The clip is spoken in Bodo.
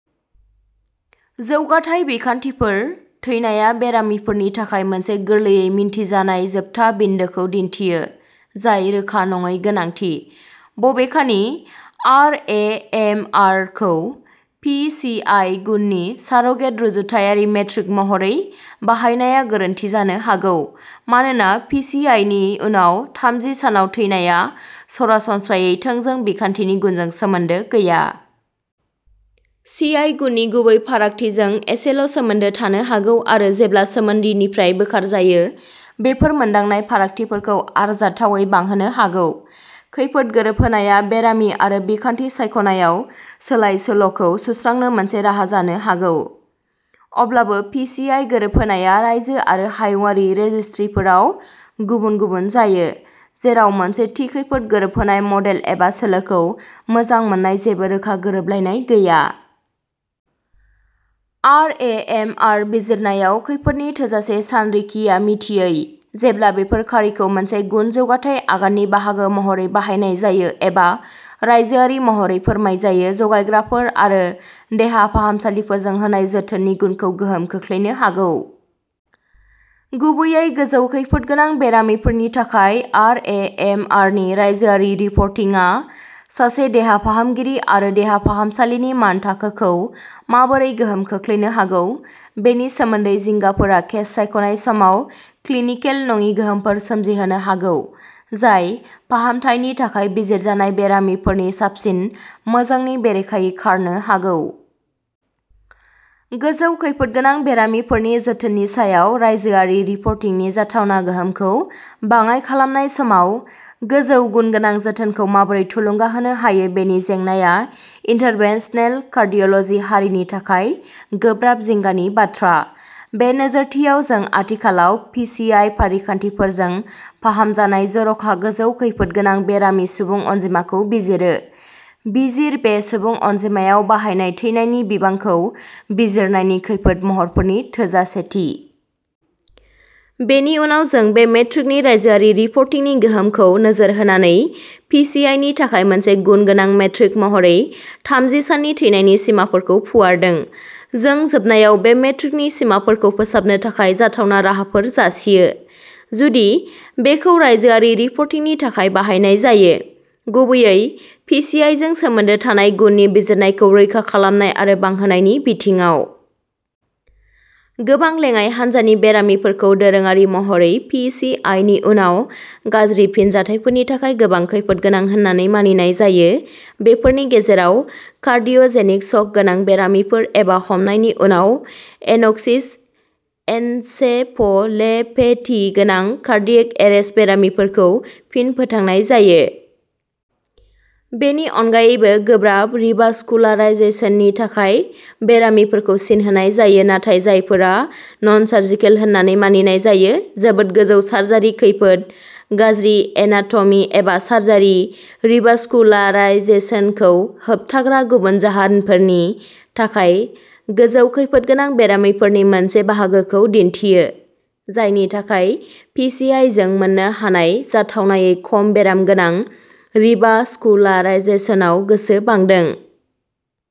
जौगाथाय बिखान्थिफोर। थैनायआ बेरामिफोरनि थाखाय मोनसे गोरलैयै मिन्थिजानाय जोबथा बिन्दोखौ दिन्थियो, जाय रोखा नङै गोनांथि। बबेखानि, आर ए एम आर खौ पि सि आइ गुननि सार'गेट रुजुथायारि मेट्रिक महरै बाहायनाया गोरोन्थि जानो हागौ, मानोना पि सि आइ नि उनाव थामजि सानाव थैनायआ सरासनस्रायै थोंजों बिखान्थिनि गुनजों सोमोन्दो गैया। सि आइ गुननि गुबै फारागथिजों एसेल' सोमोन्दो थानो हागौ, आरो जेब्ला सोमोन्दिनिफ्राय बोखारजायो, बेफोर मोनदांनाय फारागथिफोरखौ आरजाथावै बांहोनो हागौ। खैफोद गोरोबहोनायआ बेरामि आरो बिखान्थि सायख'नायाव सोलाय सोल'खौ सुस्रांनो मोनसे राहा जानो हागौ। अब्लाबो पि सि आइ गोरोबहोनायआ रायजो आरो हायुंआरि रेजिस्ट्रिफोराव गुबुन गुबुन जायो, जेराव मोनसे थि खैफोद गोरोबहोनाय मडेल एबा सोलोखौ मोजां मोननाय जेबो रोखा गोरोबलायनाय गैया। आर ए एम आर बिजिरनायाव खैफोदनि थोजासे सानरिखिया मिथियै जेब्ला बेफोर खारिखौ मोनसे गुन जौगाथाय आगाननि बाहागो महरै बाहायनाय जायो एबा रायजोआरि महरै फोरमायजायो जगायग्राफोर आरो देहा फाहामसालिफोरजों होनाय जोथोननि गुनखौ गोहोम खोख्लैनो हागौ। गुबैयै गोजौ खैफोदगोनां बेरामिफोरनि थाखाय, आर ए एम आर नि रायजोआरि रिपर्टिंआ सासे देहा फाहामगिरि आरो देहा फाहामसालिनि मानथाखोखौ माबोरै गोहोम खोख्लैनो हागौ बेनि सोमोन्दै जिंगाफोरा केस सायख'नाय समाव क्लिनिकेल नङि गोहोमफोर सोमजिहोनो हागौ जाय फाहामथायनि थाखाय बिजिरजानाय बेरामिफोरनि साबसिन मोजांनि बेरेखायै खारनो हागौ। गोजौ खैफोदगोनां बेरामिफोरनि जोथोननि सायाव रायजोआरि रिपर्टिंनि जाथावना गोहोमखौ बाङाइ खालामनाय समाव गोजौ गुनगोनां जोथोनखौ माबोरै थुलुंगा होनो हायो बेनि जेंनाआ इन्टारभेनसनेल कार्डिय'ल'जि हारिनि थाखाय गोब्राब जिंगानि बाथ्रा। बे नोजोरथियाव, जों आथिखालाव पि सि आइ फारिखान्थिफोरजों फाहामजानाय जर'खा गोजौ खैफोदगोनां बेरामि सुबुं अनजिमाखौ बिजिरो, बिजिर बे सुबुं अनजिमायाव बाहायनाय थैनायनि बिबांखौ बिजिरनायनि खैफोद महरफोरनि थोजासेथि। बेनि उनाव जों बे मेट्रिकनि रायजोआरि रिपर्टिंनि गोहोमखौ नोजोर होनानै, पि सि आइ नि थाखाय मोनसे गुनगोनां मेट्रिक महरै थामजि साननि थैनायनि सिमाफोरखौ फुवारदों। जों जोबनायाव बे मेट्रिकनि सिमाफोरखौ फोसाबनो थाखाय जाथावना राहाफोर जासियो, जुदि बेखौ रायजोआरि रिपर्टिंनि थाखाय बाहायनाय जायो, गुबैयै पि सि आइ जों सोमोन्दो थानाय गुननि बिजिरनायखौ रैखा खालामनाय आरो बांहोनायनि बिथिङाव। गोबां लेङाइ हान्जानि बेरामिफोरखौ दोरोङारि महरै पि सि आइ नि उनाव गाज्रि फिनजाथायफोरनि थाखाय गोबां खैफोद गोनां होन्नानै मानिनाय जायो। बेफोरनि गेजेराव कार्डिय'जेनिक शक गोनां बेरामिफोर एबा हमनायनि उनाव एन'क्सिक एन्सेफ'लेपेथि गोनां कार्डियेक एरेस्ट बेरामिफोरखौ फिन फोथांनाय जायो। बेनि अनगायैबो, गोब्राब रिभास्कुलाराइजेसननि थाखाय बेरामिफोरखौ सिन होनाय जायो नाथाय जायफोरा ननसार्जिकेल होनना मानिनाय जायो जोबोद गोजौ सार्जारि खैफोद, गाज्रि एनाट'मि, एबा सार्जारि रिभास्कुलाराइजेसनखौ होबथाग्रा गुबुन जाहोनफोरनि थाखाय गोजौ खैफोद गोनां बेरामिफोरनि मोनसे बाहागोखौ दिन्थियो, जायनि थाखाय पि सि आइ जों मोननो हानाय जाथावनायै खम बेराम गोनां रिभास्कुलाराइजेसनाव गोसो बांदों।